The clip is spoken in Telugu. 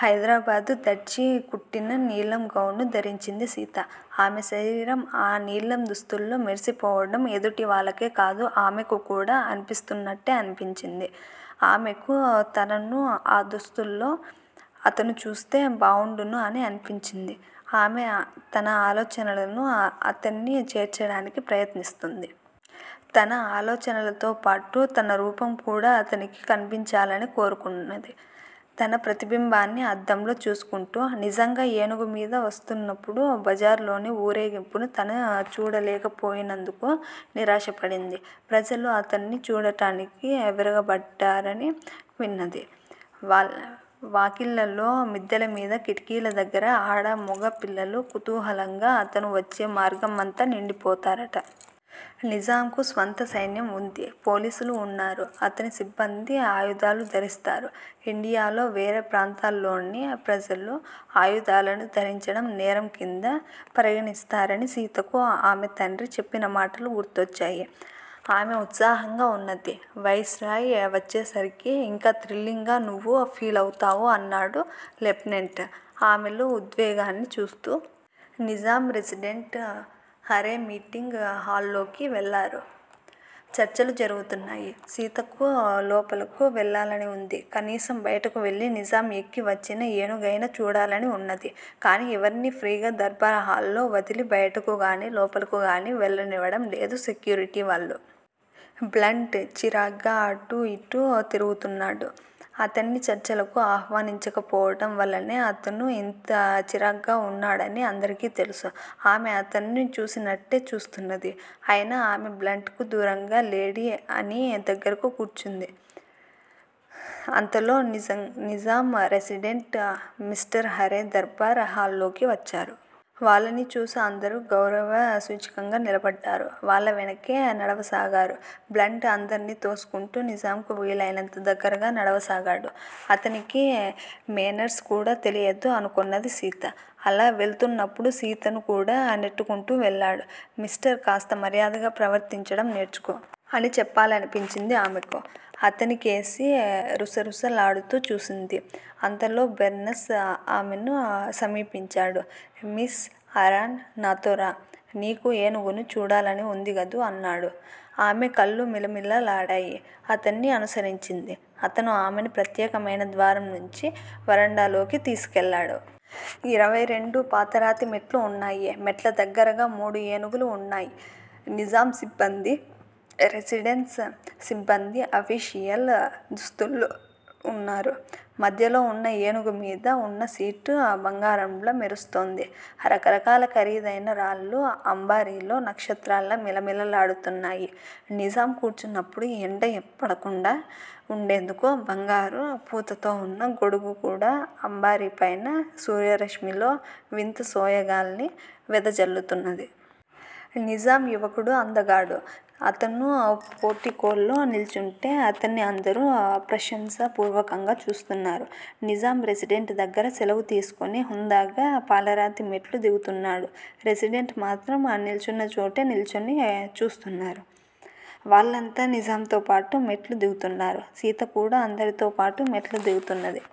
హైదరాబాద్ దర్జీ కుట్టిన నీలం గౌను ధరించింది సీత. ఆమె శరీరం ఆ నీలం దుస్తుల్లో మెరిసిపోవడం ఎదుటివాళ్ళకే కాదు ఆమెకు కూడా అన్పిస్తున్నట్టే అన్పించింది. ఆమెకు తనను ఆ దుస్తుల్లో అతను చూస్తే బావుండును అని అన్పించింది. ఆమె తన ఆలోచనలను అతన్ని చేర్చడానికి ప్రయత్నిస్తుంది. తన ఆలోచనలతోపాటు తన రూపం కూడా అతనికి కన్పించాలని కోరుకున్నది. తన ప్రతిబింబాన్ని అద్దంలో చూసుకుంటూ. నిజాం ఏనుగు మీద వస్తున్నప్పుడు బజార్లోని ఊరేగింపును తను చూడలేకపోయినందుకు నిరాశపడింది. ప్రజలు అతన్ని చూడటానికి విరగబడ్డారని విన్నది. వాకిళ్ళలో, మిద్దెల మీద, కిటికీల దగ్గర ఆడ, మగ, పిల్లలు కుతూహలంగా అతను వచ్చే మార్గం అంతా నిండి పోతారట. నిజాంకు స్వంత సైన్యం ఉంది. పోలీసులు వున్నారు. అతని సిబ్బంది ఆయుధాలు ధరిస్తారు. ఇండియాలో వేరే ప్రాంతాల్లోని ప్రజలు ఆయుధాలను ధరించడం నేరం కింద పరిగణిస్తారని సీతకు ఆమె తండ్రి చెప్పిన మాటలు గుర్తొచ్చాయి. ఆమె ఉత్సాహంగా వున్నది. వైస్ రాయ్ వచ్చేసరికి ఇంకా థ్రిల్లింగ్ గా నువ్వు ఫీలవుతావు అన్నాడు లెప్టినెంటు ఆమెలో ఉద్వేగాన్ని చూస్తూ. నిజాం, రెసిడెంట్, హారే మీటింగ్ హాల్లోకి వెళ్ళారు. చర్చలు జరుగుతున్నాయి. సీతకు లోపలకు వెళ్ళాలని వుంది. కనీసం బయటకు వెళ్ళి నిజాం ఎక్కి వచ్చిన ఏనుగునయినా చూడాలని వున్నది. కానీ ఎవర్నీ ఫ్రీగా దర్బార్ హాల్ లో వదిలి బయటకు గానీ, లోపలకు గానీ వెళ్ళనివడం లేదు సెక్యూరిటీ వాళ్ళు. బ్లంట్ చిరాగ్గా అటూ ఇటూ తిరుగుతున్నాడు. అతన్ని చర్చలకు ఆహ్వానించకపోవడం వల్లనే అతను ఇంత చిరాగ్గా ఉన్నాడని అందరికీ తెలుసు. ఆమె అతన్ని చూసిచూడనట్టే చూస్తున్నది. అయినా ఆమె బ్లంట్ కు దూరంగా లేడి అనీ దగ్గర కూర్చుంది. అంతలో Nizam, resident, Mister Hare durbar హాల్లోకి వచ్చారు. వాళ్ళను చూసి అందరూ గౌరవ సూచకంగా నిలబడ్డారు. వాళ్ళ వెనకే నడవసాగారు. బ్లంట్ అందర్నీ తోసుకుంటూ నిజాంకు వీలయినంత దగ్గరగా నడవసాగాడు. అతనికి మేనర్సు కూడా తెలియదు అనుకొన్నది సీత. అలా వెళుతున్నప్పుడు సీతను కూడా నెట్టుకుంటూ వెళ్ళాడు. మిస్టర్ కాస్త మర్యాదగా ప్రవర్తించడం నేర్చుకో! అని చెప్పాలనిపించింది ఆమెకు. అతనికేసి రుసరుస లాడుతూ చూసింది. అంతలో బెర్నస్ ఆమెను సమీపించాడు. Miss Aaron! నాతో రా! నీకు ఏనుగును చూడాలని ఉంది గదూ? అన్నాడు. ఆమె కళ్ళు మిలమిల లాడాయి. అతన్ని అనుసరించింది. అతను ఆమెను ప్రత్యేకమైన ద్వారం నుంచి వరండాలోకి తీసుకెళ్ళాడు. ఇరవైరెండు పాలరాతి మెట్లు ఉన్నాయ్. మెట్ల దగ్గరగా మూడు ఏనుగులు ఉన్నాయ్. నిజాం సిబ్బందీ, రెసిడెన్స్ సిబ్బందీ అఫీషియల్ దుస్తుల్లో ఉన్నారు. మధ్యలో వున్న ఏనుగు మీద ఉన్న సీటు బంగారంలా మెరుస్తోంది. రకరకాల ఖరీదైన రాళ్ళు అంబారీలో నక్షత్రాల్లా మిలమిలలాడుతున్నాయి. నిజాం కూర్చున్నప్పుడు ఎండ పడకుండా వుండేందుకు బంగారు పూతతో వున్న గొడుగు కూడా అంబారీపైన సూర్యరశ్మిలో వింత సోయగాల్ని వెదజల్లుతున్నది. నిజాం యువకుడు అందగాడు. అతను పోర్టికోలో నిల్చుంటే అతన్ని అందరూ ప్రశంసా పూర్వకంగా చూస్తున్నారు. నిజాం రెసిడెంట్ దగ్గర సెలవు తీసుకొని హుందాగా పాలరాతి మెట్లు దిగుతున్నాడు. రెసిడెంటు మాత్రం నిల్చున్నచోటే నిల్చుని చూస్తున్నారు. వాళ్ళంతా నిజాంతోపాటు మెట్లు దిగుతున్నారు. సీత కూడా అందరితోపాటు మెట్లు దిగుతున్నది.